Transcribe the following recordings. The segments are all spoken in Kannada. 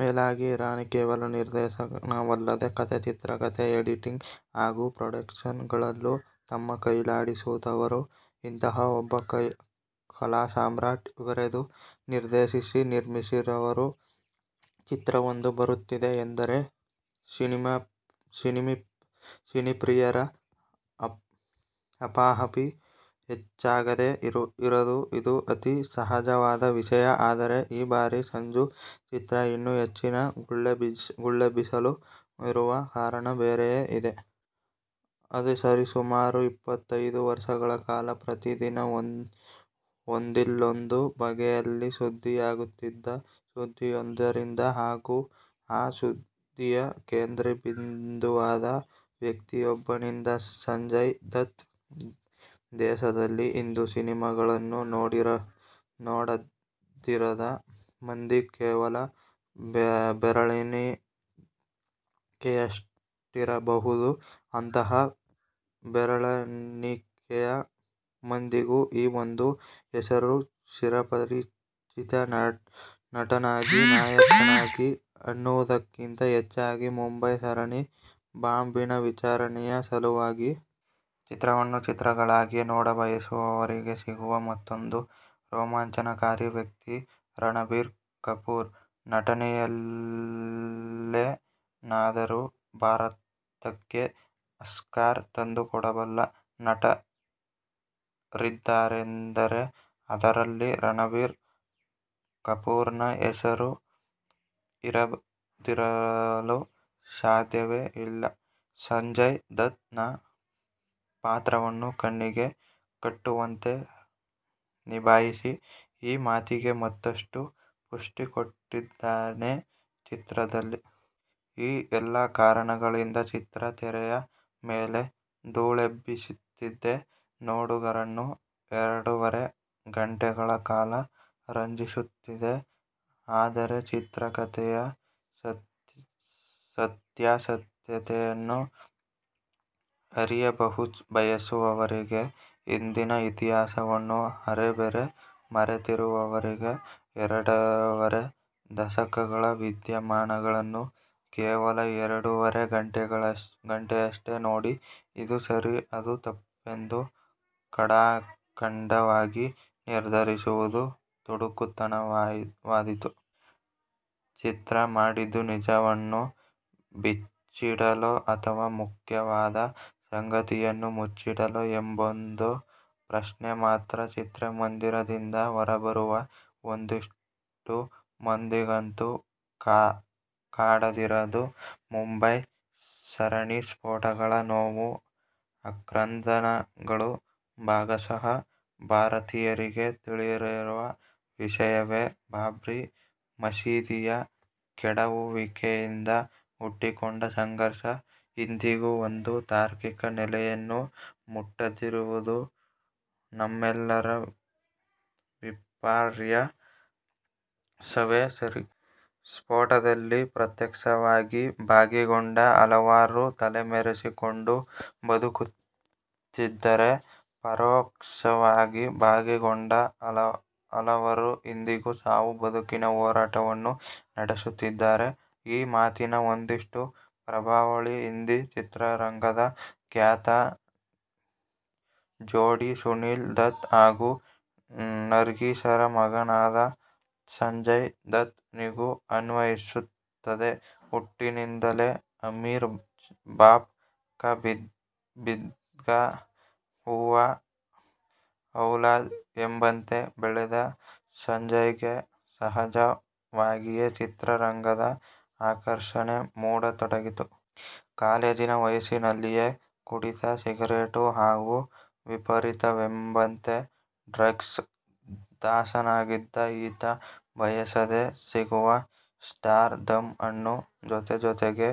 ಮೇಲಾಗಿ ಹಿರಾನಿ ಕೇವಲ ನಿರ್ದೇಶನವಲ್ಲದೆ ಕಥೆ, ಚಿತ್ರಕತೆ, ಎಡಿಟಿಂಗ್ ಹಾಗು ಪ್ರೊಡಕ್ಷನ್ ಗಳಲ್ಲೂ ತಮ್ಮ ಕೈಯಾಡಿಸಿದವರು. ಇಂತಹ ಒಬ್ಬ ಕಲಾಸಾಮ್ರಾಟ್ ಬರೆದು, ನಿರ್ದೇಶಿಸಿ ನಿರ್ಮಿಸಿರುವ ಚಿತ್ರವೊಂದು ಬರುತ್ತಿದೆ ಎಂದರೆ ಸಿನಿಪ್ರಿಯರ ಹಪಾಹಪಿ ಹೆಚ್ಚಾಗದೇ ಇರದು. ಇದು ಅತಿ ಸಹಜವಾದ ವಿಷಯ. ಆದರೆ ಈ ಬಾರಿ ಸಂಜು ಚಿತ್ರ ಇನ್ನೂ ಹೆಚ್ಚಿನ ಗುಲ್ಲೆಬ್ಬಿಸಲು ಇರುವ ಕಾರಣ ಬೇರೆಯೇ ಇದೆ. ಅದು ಸರಿಸುಮಾರು ಇಪ್ಪತ್ತೈದು ವರ್ಷಗಳ ಕಾಲ ಪ್ರತಿ ದಿನ ಒಂದಿಲ್ಲೊಂದು ಬಗೆಯಲ್ಲಿ ಸುದ್ದಿಯಾಗುತ್ತಿದ್ದ ಸುದ್ದಿಯೊಂದರಿಂದ ಹಾಗು ಆ ಸುದ್ದಿಯ ಕೇಂದ್ರಬಿಂದುವಾದ ವ್ಯಕ್ತಿಯೊಬ್ಬನಿಂದ. ಸಂಜಯ್ ದತ್ ದೇಶದಲ್ಲಿ ಇಂದು ಸಿನಿಮಾಗಳನ್ನು ನೋಡದಿರದ ಮಂದಿ ಕೇವಲ ಬೆರಳಣಿಕೆಯಷ್ಟಿರಬಹುದು. ಅಂತಹ ಬೆರಳೆಣಿಕೆಯ ಮಂದಿಗೂ ಈ ಒಂದು ಹೆಸರು ಚಿರಪರಿಚಿತ ನಟನಾಗಿ, ನಾಯಕನಾಗಿ ಅನ್ನುವುದಕ್ಕಿಂತ ಹೆಚ್ಚಾಗಿ ಮುಂಬೈ ಸರಣಿ ಬಾಂಬಿನ ವಿಚಾರಣೆಯ ಸಲುವಾಗಿ. ಚಿತ್ರವನ್ನು ಚಿತ್ರಗಳಾಗಿಯೇ ನೋಡಬಯಸುವವರಿಗೆ ಸಿಗುವ ಮತ್ತೊಂದು ರೋಮಾಂಚನಕಾರಿ ವ್ಯಕ್ತಿ ರಣಬೀರ್ ಕಪೂರ್. ನಟನೆಯಲ್ಲೇನಾದರೂ ಭಾರತಕ್ಕೆ ಆಸ್ಕರ್ ತಂದುಕೊಡಬಲ್ಲ ನಟರಿದ್ದಾರೆಂದರೆ ಆದರಲ್ಲಿ ರಣಬೀರ್ ಕಪೂರ್ನ ಹೆಸರು ಇರದಿರಲು ಸಾಧ್ಯವೇ ಇಲ್ಲ. ಸಂಜಯ್ ದತ್ ನ ಪಾತ್ರವನ್ನು ಕಣ್ಣಿಗೆ ಕಟ್ಟುವಂತೆ ನಿಭಾಯಿಸಿ ಈ ಮಾತಿಗೆ ಮತ್ತಷ್ಟು ಪುಷ್ಟಿಕೊಟ್ಟಿದ್ದಾನೆ ಚಿತ್ರದಲ್ಲಿ. ಈ ಎಲ್ಲ ಕಾರಣಗಳಿಂದ ಚಿತ್ರ ತೆರೆಯ ಮೇಲೆ ದೂಳೆಬ್ಬಿಸುತ್ತಿದೆ. ನೋಡುಗರನ್ನು ಎರಡೂವರೆ ಘಂಟೆಗಳ ಕಾಲ ರಂಜಿಸುತ್ತಿದೆ. ಆದರೆ ಚಿತ್ರಕತೆಯ ಸತ್ಯಾಸತ್ಯತೆಯನ್ನು ಅರಿಯಬಯಸುವವರಿಗೆ, ಹಿಂದಿನ ಇತಿಹಾಸವನ್ನು ಅರೆಬರೆ ಮರೆತಿರುವವರಿಗೆ ಎರಡೂವರೆ ದಶಕಗಳ ವಿದ್ಯಮಾನಗಳನ್ನು ಕೇವಲ ಎರಡೂವರೆ ಘಂಟೆಯಷ್ಟೇ ನೋಡಿ ಇದು ಸರಿ ಅದು ತಪ್ಪೆಂದು ಖಡಾಖಂಡಿತವಾಗಿ ನಿರ್ಧರಿಸುವುದು ದುಡುಕುತನವಾದೀತು. ಚಿತ್ರ ಮಾಡಿದ್ದು ನಿಜವನ್ನು ಬಿಚ್ಚಿಡಲೋ ಅಥವಾ ಮುಖ್ಯವಾದ ಸಂಗತಿಯನ್ನು ಮುಚ್ಚಿಡಲೋ ಎಂಬೊಂದು ಪ್ರಶ್ನೆ ಮಾತ್ರ ಚಿತ್ರಮಂದಿರದಿಂದ ಹೊರಬರುವ ಒಂದಿಷ್ಟು ಮಂದಿಗಂತೂ ಕಾಡದಿರದು. ಮುಂಬೈ ಸರಣಿ ಸ್ಫೋಟಗಳ ನೋವು ಆಕ್ರಂದನಗಳು ಭಾಗಶಃ ಭಾರತೀಯರಿಗೆ ತಿಳಿದಿರುವ ವಿಷಯವೇ. ಬಾಬ್ರಿ ಮಸೀದಿಯ ಕೆಡಹುವಿಕೆಯಿಂದ ಹುಟ್ಟಿಕೊಂಡ ಸಂಘರ್ಷ ಇಂದಿಗೂ ಒಂದು ತಾರ್ಕಿಕ ನೆಲೆಯನ್ನು ಮುಟ್ಟದಿರುವುದು ನಮ್ಮೆಲ್ಲರ ವಿಪರ್ಯಾಸವೇ ಸರಿ. ಸ್ಪೋಟದಲ್ಲಿ ಪ್ರತ್ಯಕ್ಷವಾಗಿ ಭಾಗಿಗೊಂಡ ಹಲವಾರು ತಲೆಮರೆಸಿಕೊಂಡು ಬದುಕುತ್ತಿದ್ದರೆ ಪರೋಕ್ಷವಾಗಿ ಭಾಗಿಗೊಂಡ ಹಲವರು ಇಂದಿಗೂ ಸಾವು ಬದುಕಿನ ಹೋರಾಟವನ್ನು ನಡೆಸುತ್ತಿದ್ದಾರೆ. ಈ ಮಾತಿನ ಒಂದಿಷ್ಟು ಪ್ರಭಾವಳಿ ಹಿಂದಿ ಚಿತ್ರರಂಗದ ಖ್ಯಾತ ಜೋಡಿ ಸುನಿಲ್ ದತ್ ಹಾಗು ನರ್ಗೀಸರ ಮಗನಾದ ಸಂಜಯ್ ದತ್ ನಿಗೂ ಅನ್ವಯಿಸುತ್ತದೆ. ಹುಟ್ಟಿನಿಂದಲೇ ಅಮೀರ್ ಬಾಪ್ ಕ ಬಿಗ್ದಾ ಹೂವಾ ಔಲಾದ್ ಎಂಬಂತೆ ಬೆಳೆದ ಸಂಜಯ್ಗೆ ಸಹಜವಾಗಿಯೇ ಚಿತ್ರರಂಗದ ಆಕರ್ಷಣೆ ಮೂಡತೊಡಗಿತು. ಕಾಲೇಜಿನ ವಯಸ್ಸಿನಲ್ಲಿಯೇ ಕುಡಿತ, ಸಿಗರೇಟು ಹಾಗು ವಿಪರೀತವೆಂಬಂತೆ ಡ್ರಗ್ಸ್ ದಾಸನಾಗಿದ್ದ ಈತ ಬಯಸದೆ ಸಿಗುವ ಸ್ಟಾರ್ ಡಮ್ ಅನ್ನು ಜೊತೆಜೊತೆಗೆ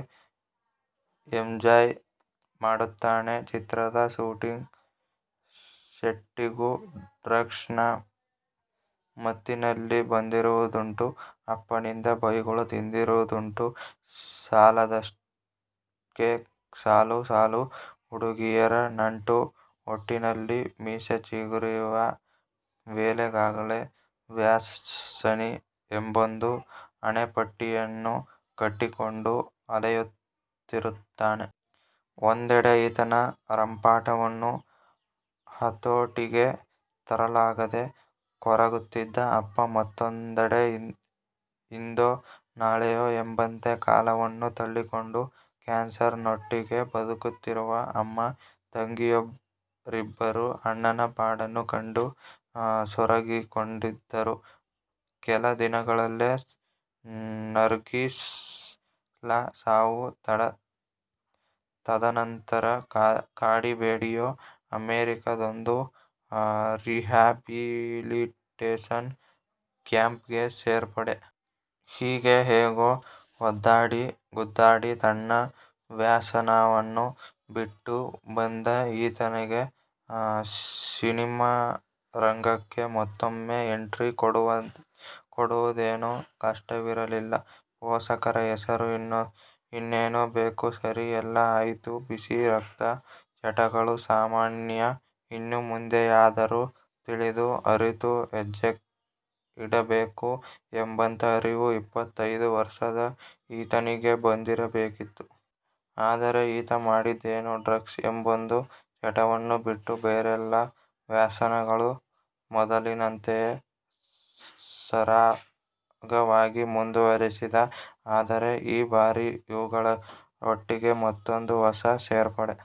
ಎಂಜಾಯ್ ಮಾಡುತ್ತಾನೆ. ಚಿತ್ರದ ಸೆಟ್ಟಿಗೂ ಡ್ರಗ್ಸ್ ನ ಮತ್ತಿನಲ್ಲಿ ಬಂದಿರುವುದುಂಟು. ಅಪ್ಪನಿಂದ ಬೈಗುಳ ತಿಂದಿರುವುದುಂಟು. ಸಾಲದಕ್ಕೆ ಸಾಲು ಸಾಲು ಹುಡುಗಿಯರ ನಂಟು. ಒಟ್ಟಿನಲ್ಲಿ ಮೀಸೆಚಿಗುರುವ ವೇಳೆಗಾಗಲೇ ವ್ಯಸನಿ ಎಂಬೊಂದು ಹಣೆಪಟ್ಟಿಯನ್ನು ಕಟ್ಟಿಕೊಂಡು ಅಲೆಯುತ್ತಿರುತ್ತಾನೆ. ಒಂದೆಡೆ ಈತನ ರಂಪಾಟವನ್ನು ಹತೋಟಿಗೆ ತರಲಾಗದೆ ಕೊರಗುತ್ತಿದ್ದ ಅಪ್ಪ ಮತ್ತೊಂದೆಡೆ ಇಂದೋ ನಾಳೆಯೋ ಎಂಬಂತೆ ಕಾಲವನ್ನು ತಳ್ಳಿಕೊಂಡು ಕ್ಯಾನ್ಸರಿನೊಟ್ಟಿಗೆ ಬದುಕುತ್ತಿದ್ದ ಅಮ್ಮ. ತಂಗಿಯರಿಬ್ಬರೂ ಅಣ್ಣನ ಪಾಡನ್ನು ಕಂಡು ಸೊರಗಿಕೊಂಡಿದ್ದರು. ಕೆಲ ದಿನಗಳಲ್ಲೇ ನರ್ಗೀಸ್ ಳ ಸಾವು. ತದನಂತರ ಕಾಡಿ ಬೇಡಿಯೋ ಅಮೆರಿಕದೊಂದು ರಿಹ್ಯಾಬಿಲಿಟೇಷನ್ ಕ್ಯಾಂಪ್ಗೆ ಸೇರ್ಪಡೆ. ಹೀಗೆ ಹೇಗೋ ಒದ್ದಾಡಿ ಗುದ್ದಾಡಿ ತನ್ನ ವ್ಯಸನವನ್ನು ಬಿಟ್ಟು ಬಂದ ಈತನಿಗೆ ಸಿನಿಮಾರಂಗಕ್ಕೆ ಮತ್ತೊಮ್ಮೆ ಎಂಟ್ರಿ ಕೊಡುವುದೇನು ಕಷ್ಟವಿರಲಿಲ್ಲ. ಪೋಷಕರ ಹೆಸರು. ಇನ್ನೇನು ಬೇಕು. ಸರಿ ಎಲ್ಲ ಆಯಿತು, ಬಿಸಿ ರಕ್ತ. ಚಟಗಳು ಸಾಮಾನ್ಯ. ಇನ್ನು ಮುಂದೆಯಾದರೂ ತಿಳಿದು ಅರಿತು ಹೆಜ್ಜೆಯಿಡಬೇಕು ಎಂಬಂತ ಅರಿವು ಇಪ್ಪತ್ತೈದು ವರ್ಷದ ಈತನಿಗೆ ಬಂದಿರಬೇಕಿತ್ತು. ಆದರೆ ಈತ ಮಾಡಿದ್ದೇನು ಡ್ರಗ್ಸ್ ಎಂಬೊಂದು ಚಟವನ್ನು ಬಿಟ್ಟು ಬೇರೆಲ್ಲ ವ್ಯಸನಗಳು ಮೊದಲಿನಂತೆಯೇ ಸರಾಗವಾಗಿ ಮುಂದುವರೆಸಿದ. ಆದರೆ ಈ ಬಾರಿ ಇವುಗಳೊಟ್ಟಿಗೆ ಮತ್ತೊಂದು ಹೊಸ ಸೇರ್ಪಡೆ.